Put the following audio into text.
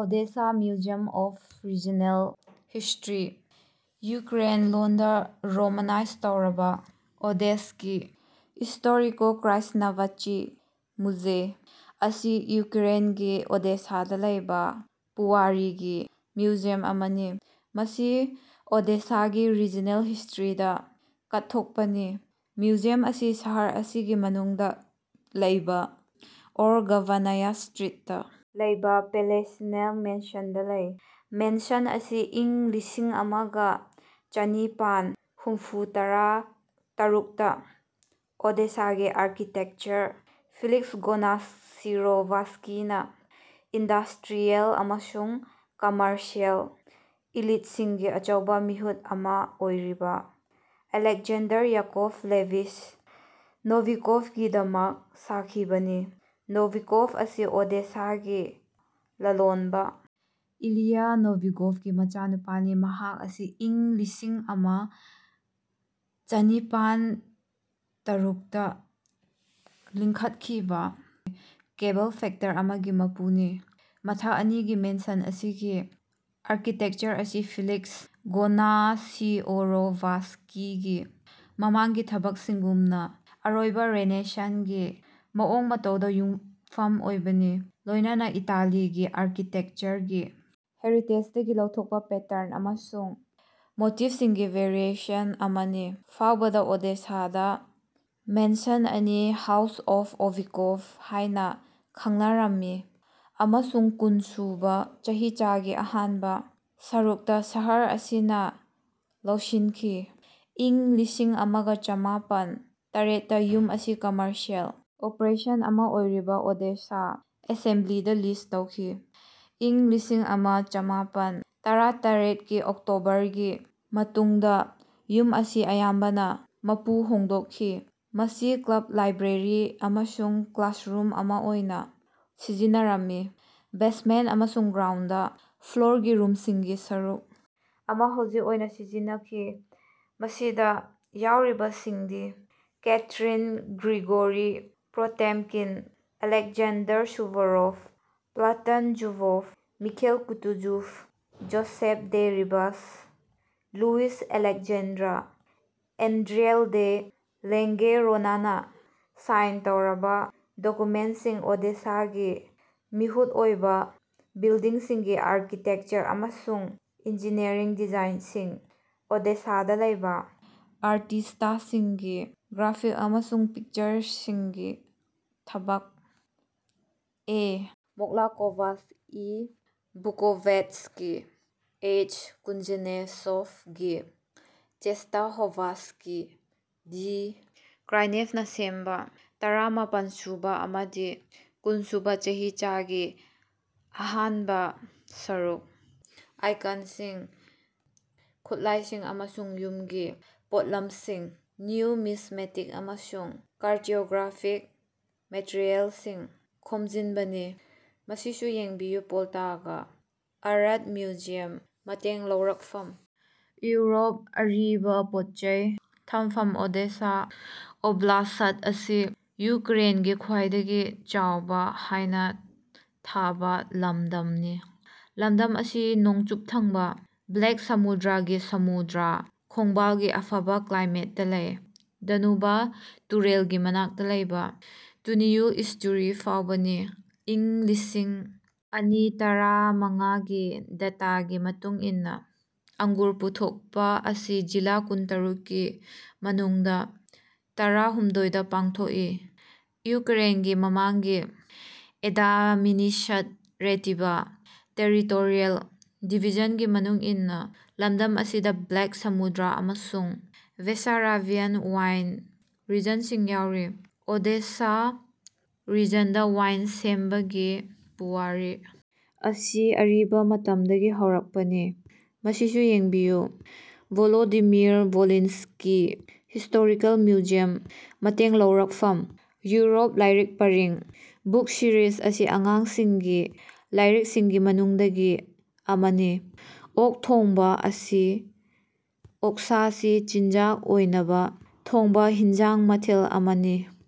Odessa museum of regional history (ꯌꯨꯀ꯭ꯔꯦꯟꯒꯤ ꯂꯣꯟꯗꯥ romanise ꯇꯧꯔꯕꯥ: ꯑꯣꯗꯦꯁ꯭ꯀꯤ ꯏꯁ꯭ꯇꯣꯔꯤꯀꯣ-ꯀ꯭ꯔꯥꯏꯖꯅꯥꯚꯆꯤ ꯃꯨꯖꯦꯏ) ꯑꯁꯤ ꯌꯨꯀ꯭ꯔꯦꯟꯒꯤ ꯑꯣꯗꯦꯁꯥꯗꯥ ꯂꯩꯕꯥ ꯄꯨꯋꯥꯔꯤꯒꯤ ꯃ꯭ꯌꯨꯖꯤꯌꯝ ꯑꯃꯅꯤ꯫ ꯃꯁꯤ ꯑꯣꯗꯦꯁꯥꯒꯤ ꯔꯤꯖꯅꯦꯜ ꯍꯤꯁ꯭ꯇꯔꯤꯗꯥ ꯀꯠꯊꯣꯛꯄꯅꯤ꯫ ꯃ꯭ꯌꯨꯖꯤꯌꯝ ꯑꯁꯤ ꯁꯍꯔ ꯑꯁꯤꯒꯤ ꯃꯅꯨꯡꯗꯥ ꯂꯩꯕꯥ, ꯐꯣꯔ ꯒꯚꯥꯅꯥꯌꯥ ꯁ꯭ꯇꯔꯤꯠꯇꯥ ꯂꯩꯕꯥ ꯄꯦꯂꯦꯁꯤꯑꯦꯜ ꯃꯦꯟꯁꯟꯗꯥ ꯂꯩ꯫ ꯃꯦꯟꯁꯟ ꯑꯁꯤ ꯏꯪ ꯂꯤꯁꯤꯡ ꯑꯃ ꯒ ꯆꯅꯤꯄꯥꯟ ꯍꯨꯝꯐꯨꯇꯔꯥ ꯇꯔꯨꯛꯇꯥ ꯑꯣꯗꯦꯁꯥꯒꯤ ꯑꯥꯔꯀꯤꯇꯦꯛꯆꯔ ꯐꯦꯂꯤꯛꯁ ꯒꯣꯅꯁꯤꯔꯣꯚꯁ꯭ꯀꯤꯅꯥ ꯏꯟꯗꯁ꯭ꯇꯔꯤꯌꯦꯜ ꯑꯃꯁꯨꯡ ꯀꯝꯃꯔꯁꯤꯑꯦꯜ ꯏꯂꯤꯇꯁꯤꯡꯒꯤ ꯑꯆꯧꯕꯥ ꯃꯤꯍꯨꯠ ꯑꯃꯥ ꯑꯣꯏꯔꯤꯕꯥ ꯑꯂꯦꯛꯖꯦꯟꯗꯔ ꯌꯥꯀꯣꯚꯂꯦꯚꯤꯆ ꯅꯣꯚꯤꯀꯣꯚꯒꯤꯗꯃꯛ ꯁꯥꯈꯤꯕꯅꯤ꯫ ꯅꯣꯚꯤꯀꯣꯚ ꯑꯁꯤ ꯑꯣꯗꯦꯁꯥꯒꯤ ꯂꯂꯣꯟꯕꯥ ꯏꯂꯤꯌꯥ ꯅꯣꯚꯤꯀꯣꯚꯀꯤ ꯃꯆꯥꯅꯨꯄꯥꯅꯤ, ꯃꯍꯥꯛ ꯑꯁꯤ ꯏꯪ ꯂꯤꯁꯤꯡ ꯑꯃ ꯆꯅꯤꯄꯥꯟ ꯇꯔꯨꯛꯇꯥ ꯂꯤꯡꯈꯠꯈꯤꯕꯥ ꯀꯦꯕꯜ ꯐꯦꯛꯇ꯭ꯔꯤ ꯑꯃꯒꯤ ꯃꯄꯨꯅꯤ꯫ꯃꯊꯛ ꯑꯅꯤꯒꯤ ꯃꯦꯟꯁꯟ ꯑꯁꯤꯒꯤ ꯑꯥꯔꯀꯤꯇꯦꯀꯆꯔ ꯑꯁꯤ ꯐꯦꯂꯤꯛꯁ ꯒꯣꯅꯁꯤꯑꯣꯔꯣꯚꯁ꯭ꯀꯤꯒꯤ ꯃꯃꯥꯡꯒꯤ ꯊꯕꯛꯁꯤꯡꯒꯨꯝꯅꯥ, ꯑꯔꯣꯏꯕꯥ ꯔꯦꯅꯦꯁꯥꯟꯁꯀꯤ ꯃꯑꯣꯡ ꯃꯇꯧꯗꯥ ꯌꯨꯝꯐꯝ ꯑꯣꯏꯕꯅꯤ, ꯂꯣꯢꯅꯅ ꯏꯇꯥꯂꯤꯒꯤ ꯑꯥꯔꯀꯤꯇꯦꯛꯆꯔꯒꯤ ꯍꯦꯔꯤꯇꯦꯖꯗꯒꯤ ꯂꯧꯊꯣꯛꯄ ꯄꯦꯇ꯭ꯔꯟ ꯑꯃꯁꯨꯡ ꯃꯣꯇꯤꯐꯁꯤꯡꯒꯤ ꯚꯦꯔꯤꯑꯦꯁꯟ ꯑꯃꯥꯅꯤ꯫ ꯐꯥꯎꯕꯗꯥ ꯑꯣꯗꯦꯁꯥꯗꯥ ꯃꯦꯟꯁꯟ ꯑꯁꯤ "ꯍꯥꯎꯁ ꯑꯣꯐ ꯅꯣꯚꯤꯀꯣꯚ" ꯍꯥꯢꯅ ꯈꯪꯅꯔꯝꯃꯤ, ꯑꯃꯁꯨꯡ ꯀꯨꯟꯁꯨꯕꯥ ꯆꯍꯤꯆꯥꯒꯤ ꯑꯍꯥꯟꯕ ꯁꯔꯨꯛꯇꯥ ꯁꯍꯔ ꯑꯁꯤꯅꯥ ꯂꯧꯁꯤꯟꯈꯤ꯫ ꯏꯪ ꯂꯤꯁꯤꯡ ꯑꯃ ꯒ ꯆꯃꯥꯄꯟ ꯇꯔꯦꯠꯇꯥ ꯌꯨꯝ ꯑꯁꯤ ꯀꯝꯃꯔꯁꯤꯑꯦꯜ ꯑꯣꯄꯔꯦꯁꯟ ꯑꯃꯥ ꯑꯣꯏꯔꯤꯕ ꯑꯣꯗꯦꯁꯥ ꯑꯦꯁꯦꯝꯕꯂꯤꯗꯥ ꯂꯤꯖ ꯇꯧꯈꯤ꯫ ꯏꯪ ꯂꯤꯁꯤꯡ ꯑꯃ ꯆꯃꯥꯄꯟ ꯇꯔꯥꯇꯔꯦꯠꯀꯤ ꯑꯣꯛꯇꯣꯕꯔꯒꯤ ꯃꯇꯨꯡꯗꯥ ꯌꯨꯝ ꯑꯁꯤ ꯑꯌꯥꯝꯕꯅꯥ ꯃꯄꯨ ꯍꯣꯡꯗꯣꯜꯈꯤ꯫ ꯃꯁꯤ ꯀ꯭ꯂꯕ, ꯂꯥꯏꯕ꯭ꯔꯦꯔꯤ ꯑꯃꯁꯨꯡ ꯀ꯭ꯂꯥꯁꯔꯨꯝ ꯑꯃꯥ ꯑꯣꯏꯅꯥ ꯁꯤꯖꯤꯟꯅꯔꯝꯃꯤ꯫ ꯕꯦꯖꯃꯦꯟꯇ ꯑꯃꯁꯨꯡ ꯒ꯭ꯔꯥꯎꯟꯗ ꯐ꯭ꯂꯣꯔꯒꯤ ꯔꯨꯝꯁꯤꯡꯒꯤ ꯁꯔꯨꯛ ꯑꯃꯥ ꯍꯥꯎꯖꯤꯡ ꯑꯣꯏꯅꯥ ꯁꯤꯖꯤꯟꯅꯈꯤ꯫ ꯃꯁꯤꯗꯥ ꯌꯥꯎꯔꯤꯕꯁꯤꯡꯗꯤ: Catherine, Grigory Potemkin, Alexander Suvorov, Platon Zubov, Mikhail Kutuzov, Joseph de Ribas, Louis Alexander Andrault de ꯂꯦꯡꯒꯦꯔꯣꯅꯅꯥ ꯁꯥꯏꯟ ꯇꯧꯔꯕꯥ ꯗꯣꯀꯨꯃꯦꯟꯇꯁꯤꯡ ꯑꯣꯗꯦꯁꯥꯒꯤ ꯃꯤꯍꯨꯠ ꯑꯣꯏꯕꯥ ꯕꯤꯜꯗꯤꯡꯁꯤꯡꯒꯤ ꯑꯥꯔꯀꯤꯇꯦꯚꯆꯔ ꯑꯃꯁꯨꯡ ꯏꯟꯖꯤꯅꯤꯌ꯭ꯔꯤꯡ ꯗꯤꯖꯥꯏꯅꯁꯤꯡ; ꯑꯣꯗꯦꯁꯥꯗꯥ ꯂꯩꯕꯥ ꯑꯥꯔꯇꯤꯁ꯭ꯇꯁꯤꯡꯒꯤ ꯒ꯭ꯔꯥꯐꯤꯛ ꯑꯃꯁꯨꯡ ꯄꯤꯛꯆꯔꯒꯤ ꯊꯕꯛꯁꯤꯡ; A. Moklakovsky, E. Bukovetsky, H. Kuznetsov, G. Chestakhovsky, D. ꯀ꯭ꯔꯥꯏꯅꯦꯚꯅꯥ ꯁꯦꯝꯕꯥ ꯇꯔꯥꯃꯄꯟꯁꯨꯕꯥ ꯑꯃꯗꯤ ꯀꯨꯟꯁꯨꯕꯥ ꯆꯍꯤꯆꯥꯒꯤ ꯑꯍꯥꯟꯕ ꯁꯔꯨꯛ; ꯑꯥꯏꯀꯟꯁꯤꯡ, ꯈꯨꯠꯂꯥꯏꯁꯤꯡ ꯑꯃꯁꯨꯡ ꯌꯨꯝꯒꯤ ꯄꯣꯠꯂꯝꯁꯤꯡ, ꯅ꯭ꯌꯨꯃꯤꯖꯃꯦꯇꯤꯛ ꯑꯃꯁꯨꯡ ꯀꯥꯔꯇꯣꯒ꯭ꯔꯥꯐꯤꯛ ꯃꯦꯇꯔꯤꯑꯦꯜꯁꯤꯡ ꯈꯣꯝꯖꯤꯟꯕꯅꯤ꯫ ꯃꯁꯤꯁꯨ ꯌꯦꯡꯕꯤꯌꯨ ꯄꯣꯜꯇꯥꯚꯥ ꯑꯥꯔ꯭ꯠ ꯃ꯭ꯌꯨꯖꯤꯌꯝ ꯃꯇꯦꯡ ꯂꯧꯔꯛꯐꯝ :ꯏꯎꯔꯣꯞ ꯑꯔꯤꯕ ꯄꯣꯠꯆꯩ ꯊꯝꯐꯝ ꯑꯣꯗꯦꯁꯥ ꯑꯣꯕ꯭ꯂꯥꯁ꯭ꯠ ꯑꯁꯤ ꯌꯨꯀ꯭ꯔꯦꯟꯒꯤ ꯈ꯭ꯋꯥꯏꯗꯒꯤ ꯆꯥꯎꯕꯥ ꯍꯥꯏꯅ ꯊꯥꯕ ꯂꯝꯗꯝꯅꯤ꯫ ꯂꯃꯗꯝ ꯑꯁꯤ ꯅꯣꯡꯆꯨꯞ ꯊꯪꯕꯥ ꯕ꯭ꯂꯦꯛ ꯁꯃꯨꯗ꯭ꯔꯒꯤ ꯁꯃꯨꯗ꯭ꯔ ꯈꯣꯡꯕꯥꯜꯒꯤ ꯑꯐꯕꯥ ꯀ꯭ꯂꯥꯏꯃꯦꯠꯇꯥ ꯂꯩ, ꯗꯅꯨꯕ ꯇꯨꯔꯦꯜꯒꯤ ꯃꯅꯥꯛꯇꯥ ꯂꯩꯕꯥ ꯇꯤꯂꯤꯍꯨꯜ ꯏꯁ꯭ꯇꯨꯔꯤ ꯐꯥꯎꯕꯅꯤ꯫ ꯏꯪ ꯂꯤꯁꯤꯡ ꯑꯅꯤ ꯇꯔꯥꯃꯉꯥꯒꯤ ꯗꯦꯇꯥꯒꯤ ꯃꯇꯨꯡ ꯏꯟꯅꯥ, ꯑꯡꯒꯨꯔ ꯄꯨꯊꯣꯛꯄ ꯑꯁꯤ ꯖꯤꯂꯥ ꯀꯨꯟꯇꯔꯨꯛꯀꯤ ꯃꯅꯨꯡꯗꯥ ꯇꯔꯥꯍꯨꯝꯗꯣꯏꯗꯥ ꯄꯥꯡꯊꯣꯛꯏ (ꯌꯨꯀ꯭ꯔꯦꯟꯒꯤ ꯃꯃꯥꯡꯒꯤ ꯑꯦꯗꯃꯤꯅꯤꯁ꯭ꯠꯔꯦꯇꯤꯕ-ꯇꯦꯔꯤꯇꯣꯔꯤꯌꯜ ꯗꯤꯕꯤꯖꯟꯒꯤ ꯃꯇꯨꯡ ꯏꯟꯅꯥ) ꯂꯝꯗꯝ ꯑꯁꯤꯗꯥ ꯕ꯭ꯂꯦꯛ ꯁꯃꯨꯗ꯭ꯔ ꯑꯃꯁꯨꯡ ꯕꯦꯁꯥꯔꯥꯕꯤꯌꯥꯟ ꯋꯥꯏꯟ ꯔꯤꯖꯟꯁꯤꯡ ꯌꯥꯎꯔꯤ꯫ ꯑꯣꯗꯦꯁꯥ ꯔꯤꯖꯟꯗꯥ ꯋꯥꯏꯟ ꯁꯦꯝꯕꯒꯤ ꯄꯨꯋꯥꯔꯤ ꯑꯁꯤ ꯑꯔꯤꯕꯥ ꯃꯇꯝꯗꯒꯤ ꯍꯧꯔꯛꯄꯅꯤ꯫ ꯃꯁꯤꯁꯨ ꯌꯦꯡꯕꯤꯌꯨ ꯚꯣꯂꯣꯗꯤꯃꯤꯔ-ꯚꯣꯂꯤꯟꯁ꯭ꯀꯤ ꯍꯤꯁ꯭ꯇꯣꯔꯤꯀꯦꯜ ꯃ꯭ꯌꯨꯖꯤꯌꯝ ꯃꯇꯦꯡ ꯂꯧꯔꯛꯐꯝ :ꯏꯎꯔꯣꯞ ꯂꯥꯢꯔꯤꯛ ꯄꯔꯤꯡ (ꯕꯨꯛ ꯁꯤꯔꯤꯁ) ꯑꯁꯤ ꯑꯉꯥꯡꯁꯤꯡꯒꯤ ꯂꯥꯢꯔꯤꯛꯁꯤꯡꯒꯤ ꯃꯅꯨꯡꯗꯒꯤ ꯑꯃꯅꯤ꯫ "ꯑꯣꯛ ꯊꯣꯡꯕ" ꯑꯁꯤ ꯑꯣꯛꯁꯥꯁꯤ ꯆꯤꯟꯖꯥꯛ ꯑꯣꯢꯅꯕ ꯊꯣꯡꯕ ꯍꯤꯟꯖꯥꯡ ꯃꯊꯦꯜ ꯑꯃꯅꯤ꯫